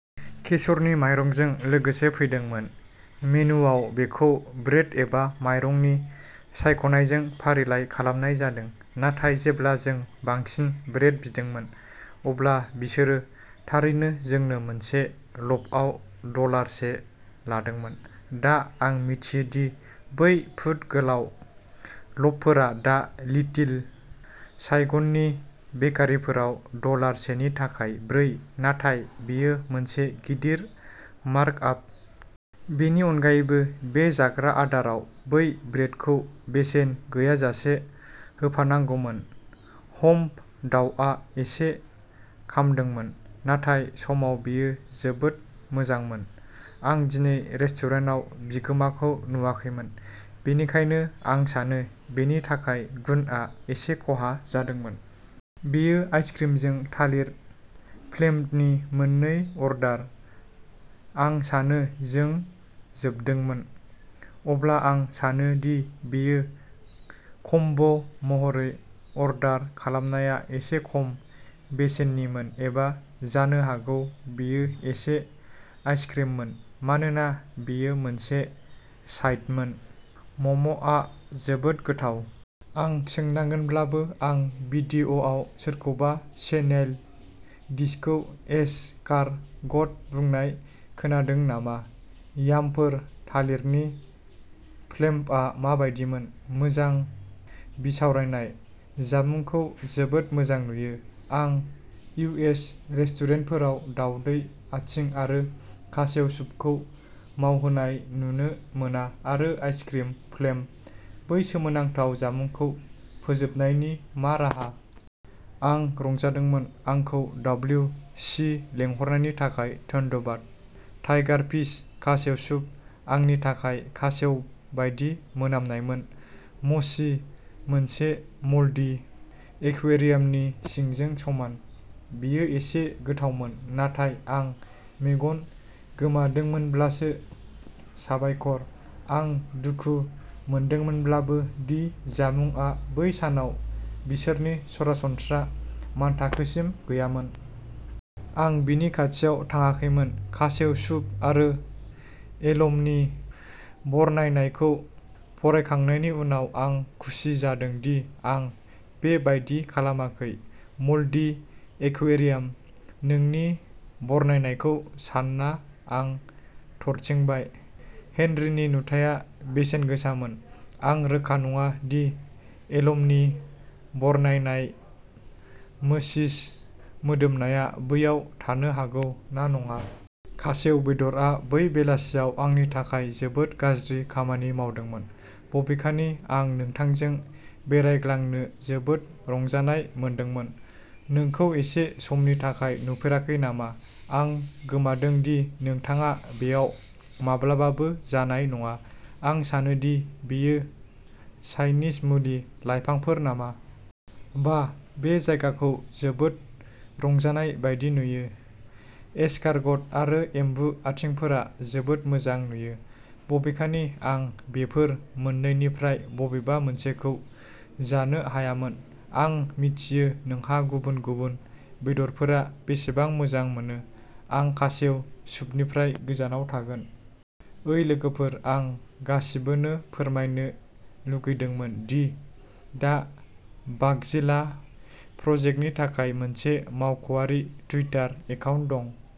केसरनि माइरंजों लोगोसे फैदोंमोन। मेनुवाव बेखौ ब्रेड एबा माइरंनि सायख'नायजों फारिलाइ खालामनाय जादों। नाथाय जेब्ला जों बांसिन ब्रेड बिदोंमोन, अब्ला बिसोरो थारैनो जोंनो मोनसे ल'फआव डलार से लादोंमोन। दा, आं मिथियो दि बै फुट गोलाव ल'फफोरा दा लिटिल साइगननि बेकारिफोराव डलार सेनि थाखाय ब्रै, नाथाय बेयो मोनसे गिदिर मार्कआप। बेनि अनगायैबो, बे जाग्रा आदाराव बै ब्रेडखौ बेसेन गैयाजासे होफानांगौमोन। हम्फ! दावआ एसे खामदोंमोन। थांनाय समाव बेयो जोबोद मोजांमोन। आं दिनै रेस्टुरेन्टाव बिगोमाखौ नुवाखैमोन, बेनिखायनो आं सानो बेनि थाखाय गुनआ एसे खहा जादोंमोन। बेयो आइसक्रिमजों थालिर फ्लेम्बनि मोननै अर्डार। आं सानो जों जोबदोंमोन। अब्ला आं सानो दि बेयो कम्बो महरै अर्डार खालामनाया एसे खम बेसेननिमोन एबा जानो हागौ बेयो एसे आइसक्रिममोन मानोना बेयो मोनसे साइडमोन? म्ममआ जोबोद गोथाव! आं सोंनांगोनब्लाबो आं भिडिअ'आव सोरखौबा स्नेइल डिशखौ एस कार ग'ट बुंनाय खोनादों नामा? यामफोर थालिरनि फ्लेम्बआ माबायदिमोन? मोजां बिसावरायनाय! जामुंखौ जोबोद मोजां नुयो! आं इउ एस रेस्टुरेन्टफोराव दावदै आथिं आरो खासेव सुपखौ मावहोनाय नुनो मोना आरो आइसक्रिम फ्लेम्ब, बै सोमोनांथाव जामुंखौ फोजोबनायनि मा राहा! आं रंजादोंमोन! आंखौ डाब्लिउ सि लिंहरनायनि थाखाय धन्यबाद। टाइगारफिश, खासेव सुप, आंनि थाखाय, खासेव बायदि मोनामनायमोन। मसि, मोनसे मल्डि एक्वेरियामनि सिंजों समान। बेयो एसे गोथावमोन, नाथाय आं मेगन गोमादोंमोनब्लासो। साबायखर। आं दुखु मोनदोंमोनब्लाबो दि जामुंआ बै सानाव बिसोरनि सरासनस्रा मानथाखोसिम गैयामोन। आं बिनि खाथियाव थाङाखैमोन। खासेव सुप आरो एलम'नि बरनायनायखौ फरायखांनायनि उनाव, आं खुसि जादों दि आं बे बायदि खालामाखै। मल्डी एक्वेरियाम? नोंनि बरनायनायखौ सानना आं थरथिंबाय। हेनरिनि नुथाया बेसेनगोसामोन। आं रोखा नङा दि एलम'नि बरनायनाय मोसिस मोदोमनाया बैयाव थानो हागौ ना नङा। खासेव बेदरआ बै बेलासियाव आंनि थाखाय जोबोद गाज्रि खामानि मावदोंमोन। बबेखानि, आं नोंथांजों बेरायग्लांनो जोबोद रंजानाय मोनदोंमोन। नोंखौ एसे समनि थाखाय नुफेराखै नामा। आं गोमोदों दि नोंथाङा बेयाव माब्लाबाबो जानाय नङा। आं सानो दि बेयो चाइनिज मुलि लाइफांफोर नामा? बाह, बे जायगाखौ जोबोद रंजानाय बायदि नुयो! एसकारगट आरो एम्बु आथिंफोरा जोबोद मोजां नुयो, बबेखानि आं बेफोर मोननैनिफ्राय बबेबा मोनसेखौ जानो हायामोन। आं मिथियो नोंहा गुबुन गुबुन बेदरफोरा बेसेबां मोजां मोनो। आं खासेव सुपनिफ्राय गोजानाव थागोन। ओइ लोगोफोर! आं गासिबोनो फोरमायनो लुगैदोंमोन दि दा बागजिला प्रजेक्टनि थाखाय मोनसे मावख'आरि टुइटार एकाउन्ट दं।